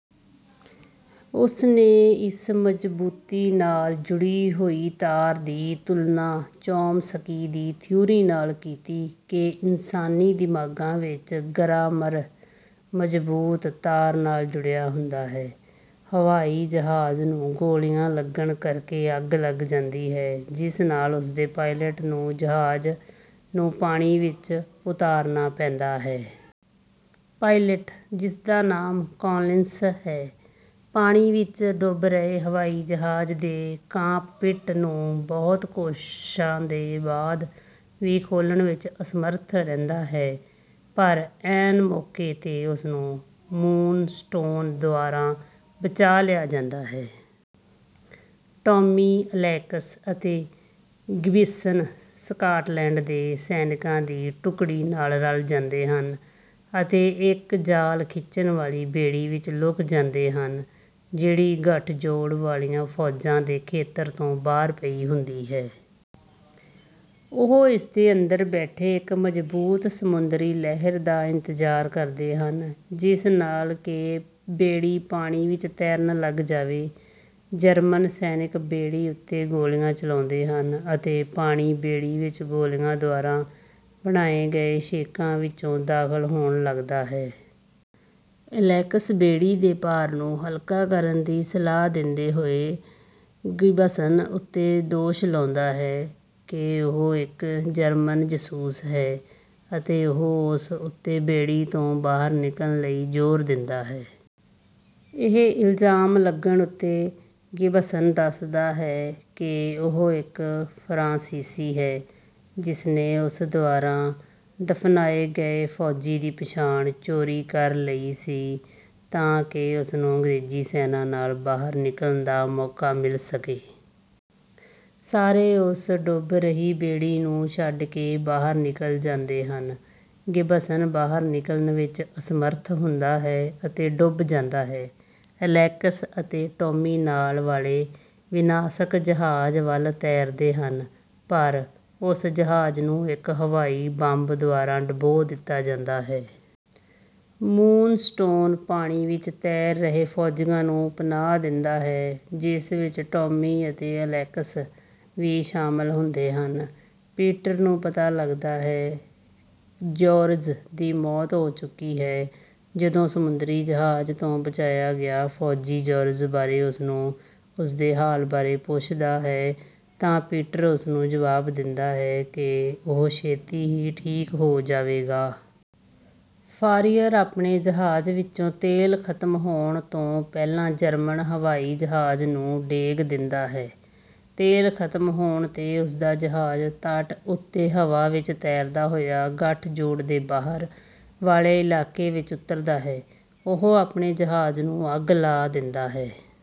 ਉਸਨੇ ਇਸ ਮਜ਼ਬੂਤੀ ਨਾਲ ਜੁੜੀ ਹੋਈ ਤਾਰ ਦੀ ਤੁਲਨਾ ਚੋਮਸਕੀ ਦੀ ਥਿਊਰੀ ਨਾਲ ਕੀਤੀ ਕਿ ਇਨਸਾਨੀ ਦਿਮਾਗਾਂ ਵਿੱਚ ਗਰਾਮਰ ਮਜ਼ਬੂਤ ਤਾਰ ਨਾਲ ਜੁੜਿਆ ਹੁੰਦਾ ਹੈ। ਹਵਾਈ ਜਹਾਜ਼ ਨੂੰ ਗੋਲੀਆਂ ਲੱਗਣ ਕਰਕੇ ਅੱਗ ਲੱਗ ਜਾਂਦੀ ਹੈ ਜਿਸ ਨਾਲ ਉਸਦੇ ਪਾਇਲਟ ਨੂੰ ਜਹਾਜ਼ ਨੂੰ ਪਾਣੀ ਵਿੱਚ ਉਤਾਰਨਾ ਪੈਂਦਾ ਹੈ। ਪਾਇਲਟ ਜਿਸਦਾ ਨਾਮ ਕੌਲਿੰਸ ਹੈ ਪਾਣੀ ਵਿੱਚ ਡੁੱਬ ਰਹੇ ਹਵਾਈ ਜਹਾਜ਼ ਦੇ ਕਾਕਪਿੱਟ ਨੂੰ ਬਹੁਤ ਕੋਸ਼ਿਸ਼ਾਂ ਦੇ ਬਾਅਦ ਵੀ ਖੋਲ੍ਹਣ ਵਿੱਚ ਅਸਮਰੱਥ ਰਹਿੰਦਾ ਹੈ ਪਰ ਐਨ ਮੌਕੇ ਤੇ ਉਸਨੂੰ ਮੂਨਸਟੋਨ ਦੁਆਰਾ ਬਚਾ ਲਿਆ ਜਾਂਦਾ ਹੈ। ਟੌਮੀ ਐਲੇਕਸ ਅਤੇ ਗਿਬਸਨ ਸਕਾਟਲੈਂਡ ਦੇ ਸੈਨਿਕਾਂ ਦੀ ਟੁਕੜੀ ਨਾਲ ਰਲ ਜਾਂਦੇ ਹਨ ਅਤੇ ਇੱਕ ਜਾਲ ਖਿੱਚਣ ਵਾਲੀ ਬੇੜੀ ਵਿੱਚ ਲੁਕ ਜਾਂਦੇ ਹਨ ਜਿਹੜੀ ਗਠਜੋੜ ਵਾਲੀਆਂ ਫੌਜਾਂ ਦੇ ਖੇਤਰ ਤੋਂ ਬਾਹਰ ਪਈ ਹੁੰਦੀ ਹੈ। ਉਹ ਇਸਦੇ ਅੰਦਰ ਬੈਠੇ ਇੱਕ ਮਜ਼ਬੂਤ ਸਮੁੰਦਰੀ ਲਹਿਰ ਦਾ ਇੰਤਜ਼ਾਰ ਕਰਦੇ ਹਨ ਜਿਸ ਨਾਲ ਕਿ ਬੇੜੀ ਪਾਣੀ ਵਿੱਚ ਤੈਰਨ ਲੱਗ ਜਾਵੇ। ਜਰਮਨ ਸੈਨਿਕ ਬੇੜੀ ਉੱਤੇ ਗੋਲੀਆਂ ਚਲਾਉਂਦੇ ਹਨ ਅਤੇ ਪਾਣੀ ਬੇੜੀ ਵਿੱਚ ਗੋਲੀਆਂ ਦੁਆਰਾ ਬਣਾਏ ਗਏ ਛੇਕਾਂ ਵਿੱਚੋਂ ਦਾਖਲ ਹੋਣ ਲੱਗਦਾ ਹੈ। ਐਲੇਕਸ ਬੇੜੀ ਦੇ ਭਾਰ ਨੂੰ ਹਲਕਾ ਕਰਨ ਦੀ ਸਲਾਹ ਦਿੰਦੇ ਹੋਏ ਗਿਬਸਨ ਉੱਤੇ ਦੋਸ਼ ਲਾਉਂਦਾ ਹੈ ਕਿ ਉਹ ਇੱਕ ਜਰਮਨ ਜਾਸੂਸ ਹੈ ਅਤੇ ਉਹ ਉਸ ਉੱਤੇ ਬੇੜੀ ਤੋਂ ਬਾਹਰ ਨਿਕਲਣ ਲਈ ਜ਼ੋਰ ਦਿੰਦਾ ਹੈ। ਇਹ ਇਲਜ਼ਾਮ ਲੱਗਣ ਉੱਤੇ ਗਿਬਸਨ ਦੱਸਦਾ ਹੈ ਕਿ ਉਹ ਇੱਕ ਫਰਾਂਸੀਸੀ ਹੈ ਜਿਸਨੇ ਉਸ ਦੁਆਰਾ ਦਫਨਾਏ ਗਏ ਫੌਜੀ ਦੀ ਪਛਾਣ ਚੋਰੀ ਕਰ ਲਈ ਸੀ ਤਾਂ ਕਿ ਉਸਨੂੰ ਅੰਗਰੇਜ਼ੀ ਸੈਨਾ ਨਾਲ ਬਾਹਰ ਨਿਕਲਣ ਦਾ ਮੌਕਾ ਮਿਲ ਸਕੇ। ਸਾਰੇ ਉਸ ਡੁੱਬ ਰਹੀ ਬੇੜੀ ਨੂੰ ਛੱਡ ਕੇ ਬਾਹਰ ਨਿਕਲ ਜਾਂਦੇ ਹਨ। ਗਿਬਸਨ ਬਾਹਰ ਨਿਕਲਣ ਵਿੱਚ ਅਸਮਰੱਥ ਹੁੰਦਾ ਹੈ ਅਤੇ ਡੁੱਬ ਜਾਂਦਾ ਹੈ। ਐਲੇਕਸ ਅਤੇ ਟੌਮੀ ਨਾਲ ਵਾਲੇ ਵਿਨਾਸ਼ਕ ਜਹਾਜ਼ ਵੱਲ ਤੈਰਦੇ ਹਨ ਪਰ ਉਸ ਜਹਾਜ਼ ਨੂੰ ਇੱਕ ਹਵਾਈ ਬੰਬ ਦੁਆਰਾ ਡੁਬੋ ਦਿੱਤਾ ਜਾਂਦਾ ਹੈ। ਮੂਨਸਟੋਨ ਪਾਣੀ ਵਿੱਚ ਤੈਰ ਰਹੇ ਫੌਜੀਆਂ ਨੂੰ ਪਨਾਹ ਦਿੰਦਾ ਹੈ ਜਿਸ ਵਿੱਚ ਟੌਮੀ ਅਤੇ ਐਲੇਕਸ ਵੀ ਸ਼ਾਮਿਲ ਹੁੰਦੇ ਹਨ। ਪੀਟਰ ਨੂੰ ਪਤਾ ਲੱਗਦਾ ਹੈ ਜੌਰਜ ਦੀ ਮੌਤ ਹੋ ਚੁੱਕੀ ਹੈ ਜਦੋਂ ਸਮੁੰਦਰੀ ਜਹਾਜ਼ ਤੋਂ ਬਚਾਇਆ ਗਿਆ ਫੌਜੀ ਜੌਰਜ ਬਾਰੇ ਉਸਨੂੰ ਉਸਦੇ ਹਾਲ ਬਾਰੇ ਪੁੱਛਦਾ ਹੈ ਤਾਂ ਪੀਟਰ ਉਸਨੂੰ ਜਵਾਬ ਦਿੰਦਾ ਹੈ ਕਿ ਉਹ ਛੇਤੀ ਹੀ ਠੀਕ ਹੋ ਜਾਵੇਗਾ। ਫਾਰੀਅਰ ਆਪਣੇ ਜਹਾਜ਼ ਵਿੱਚੋਂ ਤੇਲ ਖਤਮ ਹੋਣ ਤੋਂ ਪਹਿਲਾਂ ਜਰਮਨ ਹਵਾਈ ਜਹਾਜ਼ ਨੂੰ ਡੇਗ ਦਿੰਦਾ ਹੈ। ਤੇਲ ਖਤਮ ਹੋਣ ਤੇ ਉਸਦਾ ਜਹਾਜ਼ ਤਟ ਉੱਤੇ ਹਵਾ ਵਿੱਚ ਤੈਰਦਾ ਹੋਇਆ ਗਠਜੋੜ ਦੇ ਬਾਹਰ ਵਾਲੇ ਇਲਾਕੇ ਵਿੱਚ ਉੱਤਰਦਾ ਹੈ। ਉਹ ਆਪਣੇ ਜਹਾਜ਼ ਨੂੰ ਅੱਗ ਲਾ ਦਿੰਦਾ ਹੈ